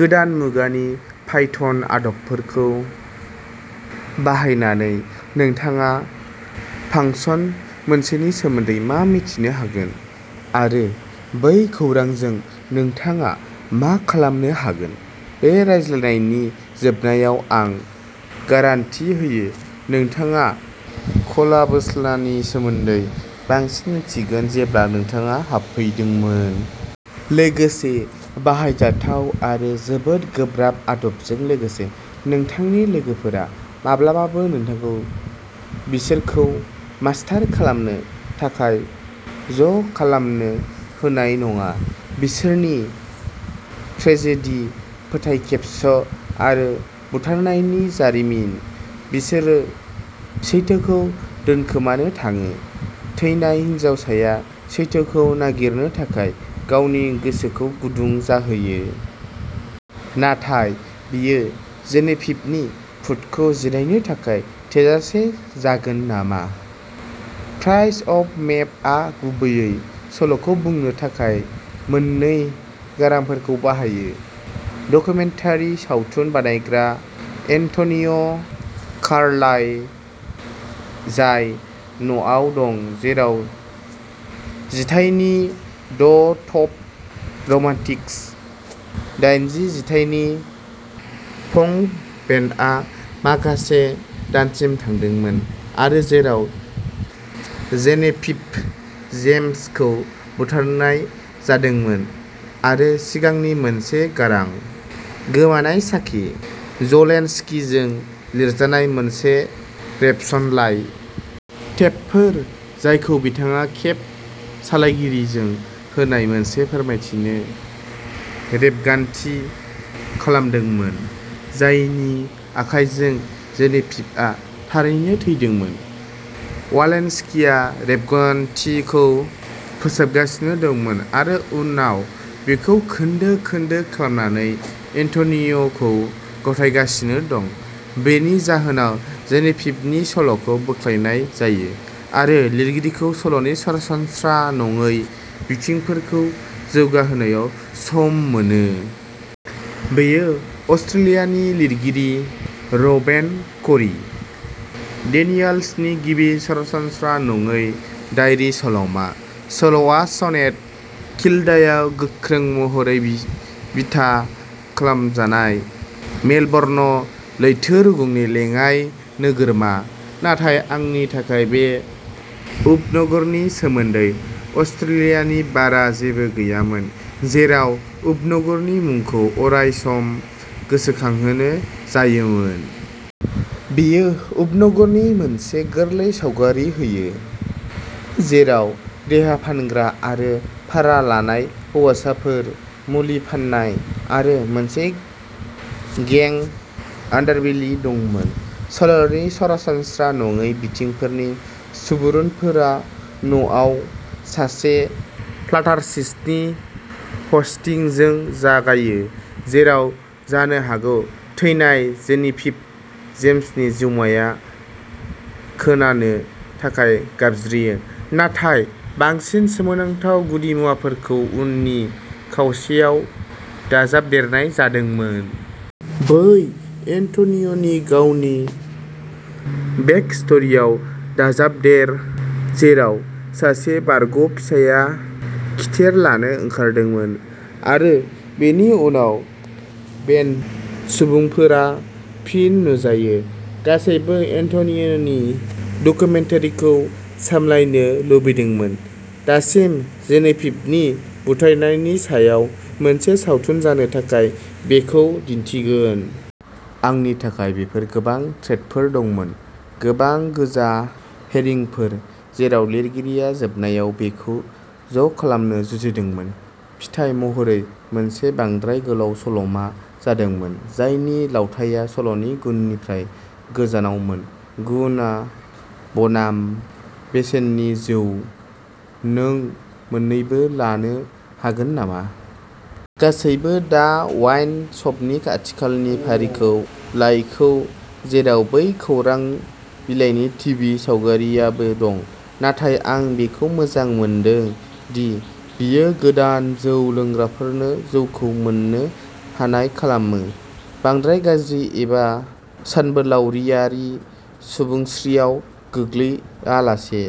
गोदान मुगानि पाइथन आदबफोरखौ बाहायनानै, नोंथाङा फांसन मोनसेनि सोमोन्दै मा मिथिनो हागोन, आरो बै खौरांजों नोंथाङा मा खालामनो हागोन? बे रायज्लायनायनि जोबनायाव आं गारान्टि होयो, नोंथाङा कलाबोल्सनि सोमोन्दै बांसिन मिन्थिगोन जेब्ला नोंथाङा हाबफैदोंमोन। लोगोसे बाहायजाथाव आरो जोबोद गोब्राब आदबफोरजों लोगोसे नोंथांनि लोगोफोरा माब्लाबाबो नोंथांखौ बिसोरखौ मास्टार खालामनो थाखाय ज'खालामनो होनाय नङा। बिसोरनि ट्रेजेडी, फोथायखेबस' आरो बुथारनायनि जारिमिन। बिसोरो सैथोखौ दोनखोमानो थाङो? थैनाय हिनजावसाया सैथोखौ नागिरनो थाखाय गावनि गोसोखौ गुदुं जाहोयो। नाथाय बेयो जेनेभिभनि भुतखौ जिरायनो थाखाय थोजासे जागोन नामा?. प्राइज अफ फेमआ गुबैयै सल'खौ बुंनो थाखाय मोन्नै गारांफोरखौ बाहायोः डकुमेन्टारि सावथुन बानायग्रा एन्टनिया कार्लाइल, जाय न'आव दं जेराव जिथाइनि द टफ र'मान्टिक्स, दाइनजि जिथाइनि पंक बेन्डआ माखासे दानसिम थादोंमोन आरो जेराव जेनेभिभ जेम्सखौ बुथारनाय जादोंमोन आरो सिगांनि मोनसे गारां, "गोमानाय साखि" ज'वालेन्स्कीजों लिरजानाय मोनसे रेबसनलाइ। टेपफोर जायखौ बिथाङा केब सालायगिरिजों होनाय मोनसे फोरमायथिनि रेबगान्थि खालामदोंमोन, जायनि आखाइजों जेनेभिभआ थारैनो थैदोंमोन। वालेन्स्कीआ रेबगान्थिखौ फोसाबगासिनो दं आरो उनाव बेखौ खोन्दो-खोन्दो खालामनानै एन्ट'नियाखौ गथायगासिनो दं। बेनि जाहोनाव जेनेभिभनि सल'खौ बोख्लायनाय जायो आरो लिरगिरिखौ सल'नि सरासनस्रा नङै बिथिंफोरखौ जौगाहोनायाव सम मोनो। बेयो अस्ट्रेलियानि लिरगिरि र'वेना क'री डेनियल्सनि गिबि सरासनस्रा नङै दायारि सल'मा। सल'आ सेन्ट किल्डायाव गोख्रों महरै बिथा खालामजानाय, मेलबर्न लैथो रुगुंनि लेङाइ नोगोरमा, नाथाय आंनि थाखाय बे उपनगरनि सोमोन्दै अस्ट्रेलियानि बारा जेबो गैयामोन, जेराव उपनगरनि मुंखौ अरायसम गोसोखांहोनाय जायोमोन। बेयो उपनगरनि मोनसे गोरलै सावगारि होयो, जेराव देहा फानग्रा आरो भारा लानाय हौवासाफोर, मुलि फाननाय आरो मोनसे गें आन्डारबेलि दंमोन। सल'नि सरासनस्रा नङै बिथिंफोरनि सुबुरुनफोरा न'आव सासे पल्टार्जिस्टनि ह'स्टिंजों जागायो, जेराव जानो हागौ थैनाय जेनेभिभ जेम्सनि जिउमाया खोनानो थाखाय गाबज्रियो, नाथाय बांसिन सोमोनांथाव गुदिमुवाफोरखौ उननि खावसेयाव दाजाबदेरनाय जादोंमोन। बै एन्ट'नियानि गावनि बेकस्ट'रियाव दाजाबदेर, जेराव सासे बारग'फिसायआ खिथेर लानो ओंखारदोंमोन। आरो बेनि उनाव बेन्डनि सुबुंफोरा फिन नुजायो। गासैबो एन्ट'नियानि डकुमेन्टारिखौ सामलायनो लुबैदोंमोन। दासिम जेनेभिभनि बुथारनायनि सायाव मोनसे सावथुन जानो थाखाय बेखौ दिन्थिगोन। आंनि थाखाय बेफोर गोबां थ्रेडफोर दंमोन, गोबां गोजा हेरिंफोर, जेराव लिरगिरिया जोबनायाव बेखौ ज'खालामनो जुजिदोंमोन। फिथाय महरै मोनसे बांद्राय गोलाव सल'मा जादोंमोन, जायनि लावथाइया सल'नि गुननिफ्राय गोजानावमोन। गुन बनाम बेसेननि जौः नों मोन्नैबो लानो हागोन नामा? गासैबो दा वाइन श'पनि आथिखालनि फारिखौ लायाखै, जेराव बे खौरां बिलाइनि टिभि सावरायगिरिबो दं। नाथाय आं बेखौ मोजां मोनदों दि, बेयो गोदान जौ लोंग्राफोरनो जौखौ मोन्नो हानाय खालामो, बांद्राय गाज्रि एबा सानबोलावरियारि सुबुंस्रियाव गोग्लैआलासे।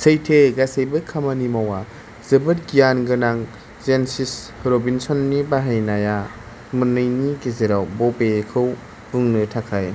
सैथो, गासैबो खामानि मावा। जोबोद गियान गोनां जेन्सिस रबिनसननि बाहायनाया मोननैनि गेजेराव बबेखौ बुंनो थाखाय।